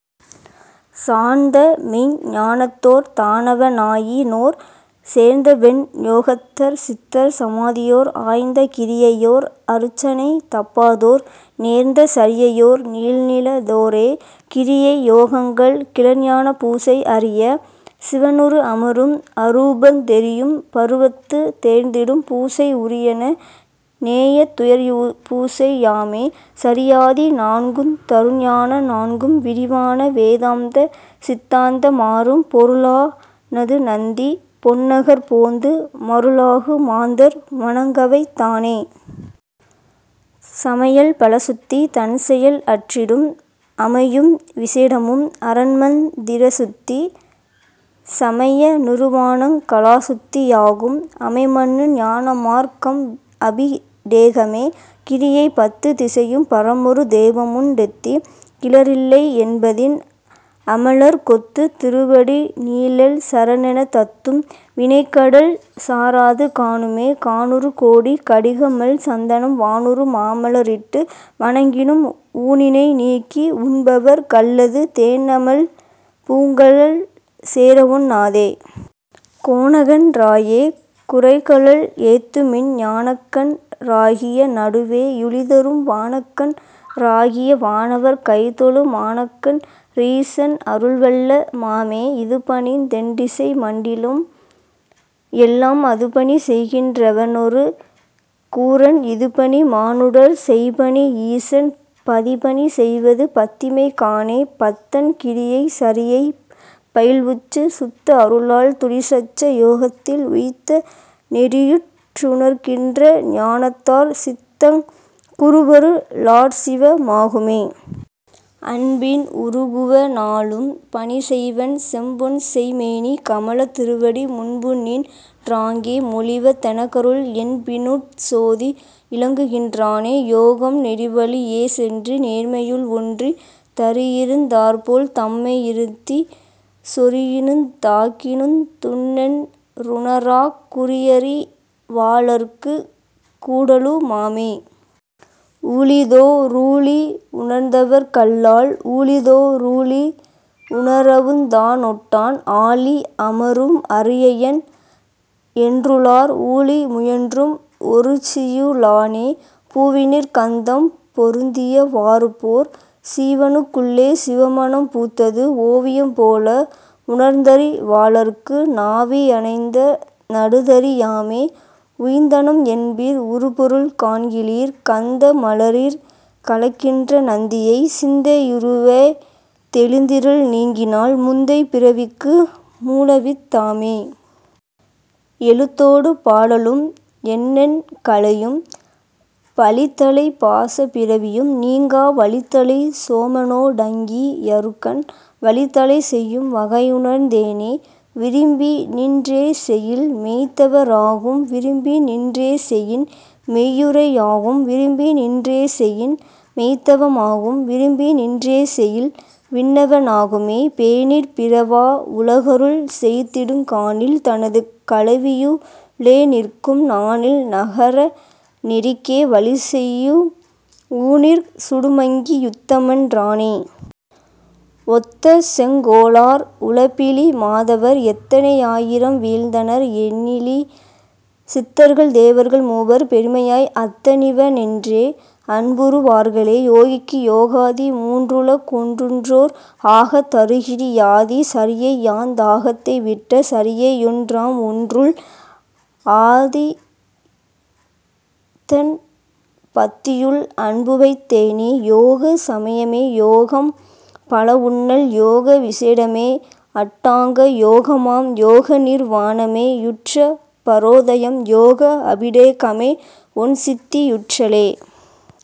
சார்ந்தமெய்ஞ் ஞானத்தோர் தானவ னாயினோர் சேர்ந்தவெண் யோகத்தர் சித்தர் சமாதியோர் ஆய்ந்த கிரியையோர் அருச்சனை தப்பாதோர் நேர்ந்த சரியையோர் நீள்நிலத் தோரே. கிரியை யோகங்கள் கிளர்ஞான பூசை அரிய சிவனுரு அமரும் அரூபந் தெரியும் பருவத்துத் தேர்ந்திடும் பூசை உரியன நேயத் துயர்பூசை யாமே. சரியாதி நான்குந் தருஞான நான்கும் விரிவான வேதாந்த சித்தாந்த மாறும் பொருளா னதுநந்தி பொன்னகர் போந்து மருளாகு மாந்தர் வணங்கவைத் தானே. சமையம் பலசுத்தித் தன்செயல் அற்றிடும் அமையும் விசேடமும் அரன்மந் திரசுத்தி சமைய நிருவாணங் கலாசுத்தி யாகும் அமைமன்னு ஞானமார்க் கம்அபிடேகமே.. கிரியை பத்துத் திசையும் பரமொரு தெய்வமுண் டெத்திக் கிலரில்லை என்பதின் அமலர்க் கொத்துத் திருவடி நீழல் சரணெனத் தத்தும் வினைக்கடல் சாராது காணுமே. கானுறு கோடி கடிகமழ் சந்தனம் வானுறு மாமல ரிட்டு வணங்கினும் ஊனினை நீக்கி உண்பவர்க் கல்லது தேனமர் பூங்கழல் சேரவொண் ணாதே. கோனக்கன் றாயே குரைகழல் ஏத்துமின் ஞானக்கன் றாகிய நடுவே யுழிதரும் வானக்கன் றாகிய வானவர் கைதொழு மானக்கன் றீசன் அருள்வள்ள மாமே. இதுபணிந் தெண்டிசை மண்டிலம் எல்லாம் அதுபணி செய்கின் றவளொரு கூறன் இதுபணி மானுடர் செய்பணி யீசன் பதிபணி செய்வது பத்திமை காணே. பத்தன் கிரியை சரியை பயில்வுற்றுச் சுத்த அருளால் துரிசற்ற யோகத்தில் உய்த்த நெறியுற் றுணர்கின்ற ஞானத்தாற் சித்தங் குருவரு ளாற்சிவ மாகுமே. அன்பின் உருகுவ நாளும் பணிசெய்வன் செம்பொன்செய் மேனி கமலத் திருவடி முன்புநின் றாங்கே மொழிவ தெனக்கருள் என்பினுட் சோதி இலங்குகின் றானே.. யோகம் நெறிவழி யேசென்று நேர்மையுள் ஒன்றித் தறியிருந் தாற்போல் தம்மை யிருத்திச் சொறியினுந் தாக்கினுந் துண்ணென் றுணராக் குறியறி வாளர்க்குக் கூடலு மாமே. ஊழிதோ றூழிஉணர்ந்தவர்க் கல்லால் ஊழிதோ றூழி உணரவுந் தானொட்டான் ஆழி அமரும் அரியயன் என்றுளார் ஊழி முயன்றும் ஒருச்சியு ளானே. பூவினிற் கந்தம் பொருந்திய வாறுபோற் சீவனுக் குள்ளே சிவமணம் பூத்தது ஓவியம் போல உணர்ந்தறி வாளர்க்கு நாவி யணைந்த நடுதறி யாமே. உய்ந்தனம் என்பீர் உறுபொருள் காண்கிலீர் கந்த மலரிற் கலக்கின்ற நந்தியைச் சிந்தை யுறவே தெளிந்திருள் நீங்கினால் முந்தைப் பிறவிக்கு மூலவித் தாமே. எழுத்தோடு பாடலும் எண்ணெண் கலையும் பழித்தலைப் பாசப் பிறவியும் நீங்கா வழித்தலைச் சோமனோ டங்கி யருக்கன் வழித்தலைச் செய்யும் வகையுணர்ந் தேனே. விரும்பிநின் றேசெயில் மேய்த்தவ ராகும் விரும்பிநின் றேசெயின் மெய்யுரை யாகும் விரும்பிநின் றேசெயின் மெய்த்தவ மாகும் விரும்பிநின் றேசெயில் விண்ணவ னாகுமே. பேணிற் பிறவா உலகருள் செய்திடுங் காணில் தனது கலவியு ளேநிற்கும் நாணில் நகர நெறிக்கே வழிசெயும் ஊனிற் சுடுமங்கி யுத்தமன் றானே. ஒத்தசெங் கோலார் உலப்பிலி மாதவர் எத்தனை யாயிரம் வீழ்ந்தனர் எண்ணிலி சித்தர்கள் தேவர்கள் மூவர் பெருமையாய் அத்த னிவனென்றே அன்புறு வார்களே. யோகிக்கு யோகாதி மூன்றுள கொண்டுற்றோர் ஆகத் தருகிரி யாதி சரியையாந் தாகத்தை விட்ட சரியையொன் றாம்ஒன்றுள் ஆதித்தன் பத்தியுள் அன்புவைத் தேனே. யோகச் சமயமே யோகம் பலவுன்னல் யோக விசேடமே அட்டாங்க யோகமாம் யோகநிர் வாணமே யுற்ற பரோதயம் யோக அபிடேகமே ஒண்சித்தி யுற்றலே..